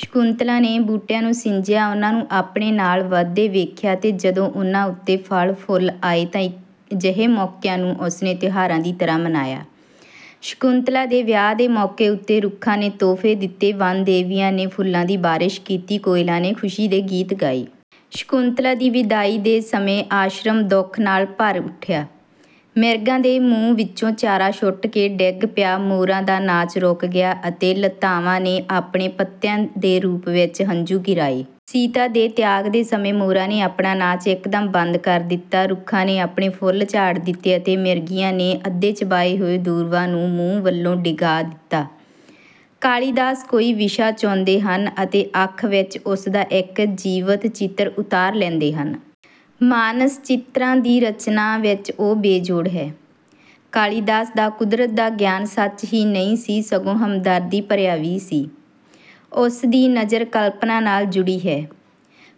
ਸ਼ਕੁੰਤਲਾ ਨੇ ਬੂਟਿਆਂ ਨੂੰ ਸਿੰਜਿਆ ਉਨ੍ਹਾਂ ਨੂੰ ਆਪਣੇ ਨਾਲ ਵਧਦੇ ਵੇਖਿਆ ਅਤੇ ਜਦੋਂ ਉਨ੍ਹਾਂ ਦੇ ਉੱਤੇ ਫਲ ਫੁਲ ਆਏ ਤਾਂ ਅਜਿਹੇ ਮੌਕਿਆਂ ਨੂੰ ਉਸਨੇ ਤਿਉਹਾਰਾਂ ਦੀ ਤਰ੍ਹਾਂ ਮਨਾਇਆ। ਸ਼ਕੁੰਤਲਾ ਦੇ ਵਿਆਹ ਦੇ ਮੌਕੇ ਉੱਤੇ ਰੁੱਖਾਂ ਨੇ ਤੋਹਫੇ ਦਿੱਤੇ ਵਨਦੇਵੀਆਂ ਨੇ ਫੁੱਲਾਂ ਦੀ ਬਾਰਿਸ਼ ਕੀਤੀ ਕੋਇਲਾਂ ਨੇ ਖੁਸ਼ੀ ਦੇ ਗੀਤ ਗਾਏ। ਸ਼ਕੁੰਤਲਾ ਦੀ ਵਿਦਾਈ ਦੇ ਸਮੇਂ ਆਸ਼ਰਮ ਦੁੱਖ ਨਾਲ ਭਰ ਉੱਠਿਆ। ਮਿਰਗਾਂ ਦੇ ਮੂੰਹ ਵਿੱਚੋਂ ਚਾਰਾ ਛੁੱਟ ਕੇ ਡਿੱਗ ਪਿਆ ਮੋਰਾਂ ਦਾ ਨਾਚ ਰੁਕ ਗਿਆ ਅਤੇ ਲਤਾਵਾਂ ਨੇ ਆਪਣੇ ਪੱਤਿਆਂ ਦੇ ਰੂਪ ਵਿੱਚ ਹੰਝੂ ਗਿਰਾਏ। ਸੀਤਾ ਦੇ ਤਿਆਗ ਦੇ ਸਮੇਂ ਮੋਰਾਂ ਨੇ ਆਪਣਾ ਨਾਚ ਇੱਕਦਮ ਬੰਦ ਕਰ ਦਿੱਤਾ ਰੁੱਖਾਂ ਨੇ ਆਪਣੇ ਫੁੱਲ ਝਾੜ ਦਿੱਤੇ ਅਤੇ ਮ੍ਰਿਗੀਆਂ ਨੇ ਅੱਧੇ ਚਬਾਏ ਹੋਏ ਦੂਰਵਾ ਨੂੰ ਮੂੰਹ ਵਲੋਂ ਡਿੱਗਾ ਦਿੱਤਾ। ਕਾਲੀਦਾਸ ਕੋਈ ਵਿਸ਼ਾ ਚੁਣਦੇ ਹਨ ਅਤੇ ਅੱਖ ਵਿੱਚ ਉਸਦਾ ਇੱਕ ਜੀਵਤ ਚਿੱਤਰ ਉਤਾਰ ਲੈਂਦੇ ਹਨ। ਮਾਨਸ ਚਿਤਰਾਂ ਦੀ ਰਚਨਾ ਵਿੱਚ ਉਹ ਬੇਜੋੜ ਹੈ। ਕਾਲੀਦਾਸ ਦਾ ਕੁਦਰਤ ਦਾ ਗਿਆਨ ਸੱਚ ਹੀ ਨਹੀਂ ਸੀ ਸਗੋਂ ਹਮਦਰਦੀ ਭਰਿਆ ਵੀ ਸੀ। ਉਸ ਦੀ ਨਜ਼ਰ ਕਲਪਨਾ ਨਾਲ ਜੁੜੀ ਹੈ।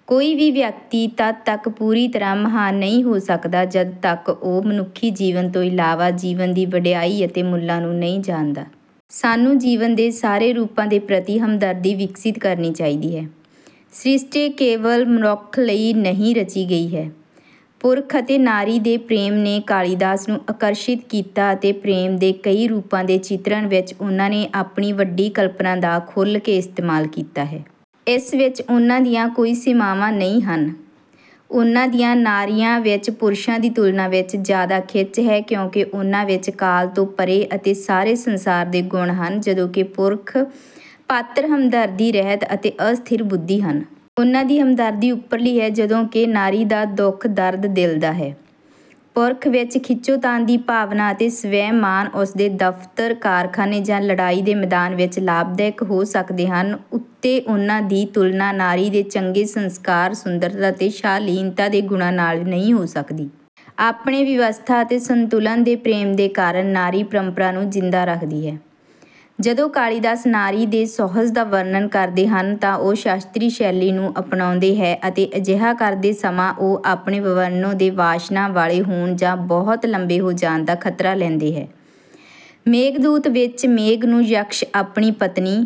ਕੋਈ ਵੀ ਵਿਅਕਤੀ ਤੱਦ ਤੱਕ ਪੂਰੀ ਤਰ੍ਹਾਂ ਮਹਾਨ ਨਹੀਂ ਹੋ ਸਕਦਾ ਜਦੋਂ ਤੱਕ ਕਿ ਉਹ ਮਨੁੱਖ ਜੀਵਨ ਤੋਂ ਇਲਾਵਾ ਜੀਵਨ ਦੀ ਵਡਿਆਈ ਅਤੇ ਮੁੱਲਾਂ ਨੂੰ ਨਹੀਂ ਜਾਣਦਾ। ਸਾਨੂੰ ਜੀਵਨ ਦੇ ਸਾਰੇ ਰੂਪਾਂ ਦੇ ਪ੍ਰਤੀ ਹਮਦਰਦੀ ਵਿਕਸਿਤ ਕਰਨੀ ਚਾਹੀਦੀ ਹੈ। ਸ੍ਰਸ਼ਟਿ ਕੇਵਲ ਮਨੁੱਖ ਲਈ ਨਹੀਂ ਰਚੀ ਗਈ ਹੈ। ਪੁਰਖ ਅਤੇ ਨਾਰੀ ਦੇ ਪ੍ਰੇਮ ਨੇ ਕਾਲੀਦਾਸ ਨੂੰ ਆਕਰਸ਼ਿਤ ਕੀਤਾ ਅਤੇ ਪ੍ਰੇਮ ਦੇ ਕਈ ਰੂਪਾਂ ਦੇ ਚਿਤਰਣ ਵਿੱਚ ਉਨ੍ਹਾਂ ਨੇ ਆਪਣੀ ਵੱਡੀ ਕਲਪਨਾ ਦਾ ਖੁੱਲਕੇ ਇਸਤੇਮਾਲ ਕੀਤਾ ਹੈ। ਇਸ ਵਿੱਚ ਉਨ੍ਹਾਂ ਦੀਆਂ ਕੋਈ ਸੀਮਾਵਾਂ ਨਹੀਂ ਹਨ। ਉਨ੍ਹਾਂ ਦੀਆਂ ਨਾਰੀਆਂ ਵਿੱਚ ਪੁਰਸ਼ਾਂ ਦੀ ਤੁਲਨਾ ਵਿੱਚ ਜਿਆਦਾ ਖਿੱਚ ਹੈ ਕਿਉਂਕਿ ਉਨ੍ਹਾਂ ਵਿੱਚ ਕਾਲ ਤੋਂ ਪਰੇ ਅਤੇ ਸਾਰੇ ਸੰਸਾਰ ਦੇ ਗੁਣ ਹਨ ਜਦੋਂ ਕਿ ਪੁਰਖ ਪਾਤਰ ਹਮਦਰਦੀ ਰਹਿਤ ਅਤੇ ਅਸਥਿਰ ਬੁੱਧੀ ਹਨ। ਉਨ੍ਹਾਂ ਦੀ ਹਮਦਰਦੀ ਉੱਪਰਲੀ ਹੈ ਜਦੋਂ ਕਿ ਨਾਰੀ ਦਾ ਦੁੱਖ ਦਰਦ ਦਿਲ ਦਾ ਹੈ। ਪੁਰਖ ਵਿੱਚ ਖਿੱਚੋਤਾਣ ਦੀ ਭਾਵਨਾ ਅਤੇ ਸਵੈਮਾਨ ਉਸਦੇ ਦਫ਼ਤਰ ਕਾਰਖਾਨੇ ਜਾਂ ਲੜਾਈ ਦੇ ਮੈਦਾਨ ਵਿੱਚ ਲਾਭਦਾਇਕ ਹੋ ਸਕਦੇ ਹਨ ਉੱਤੇ ਉਨ੍ਹਾਂ ਦੀ ਤੁਲਨਾ ਨਾਰੀ ਦੇ ਚੰਗੇ ਸੰਸਕਾਰ ਸੁੰਦਰਤਾ ਅਤੇ ਸ਼ਾਲੀਨਤਾ ਦੇ ਗੁਣਾਂ ਨਾਲ ਨਹੀਂ ਹੋ ਸਕਦੀ। ਆਪਣੇ ਵਿਵਸਥਾ ਅਤੇ ਸੰਤੁਲਨ ਦੇ ਪ੍ਰੇਮ ਦੇ ਕਾਰਨ ਨਾਰੀ ਪਰੰਪਰਾ ਨੂੰ ਜਿੰਦਾ ਰੱਖਦੀ ਹੈ। ਜਦੋਂ ਕਾਲੀਦਾਸ ਨਾਰੀ ਦੇ ਸੁਹਜ ਦਾ ਵਰਣਨ ਕਰਦੇ ਹਨ ਤਾਂ ਉਹ ਸ਼ਾਸਤਰੀ ਸ਼ੈਲੀ ਨੂੰ ਅਪਣਾਉਂਦੇ ਹੈ ਅਤੇ ਅਜਿਹਾ ਕਰਦੇ ਸਮਾਂ ਉਹ ਆਪਣੇ ਵਰਣਨੋਂ ਦੇ ਵਾਸਨਾ ਵਾਲੇ ਹੋਣ ਜਾਂ ਬਹੁਤ ਲੰਬੇ ਹੋ ਜਾਣ ਦਾ ਖ਼ਤਰਾ ਲੈਂਦੇ ਹੈ। ਮੇਘਦੂਤ ਵਿੱਚ ਮੇਘ ਨੂੰ ਯਕਸ਼ ਆਪਣੀ ਪਤਨੀ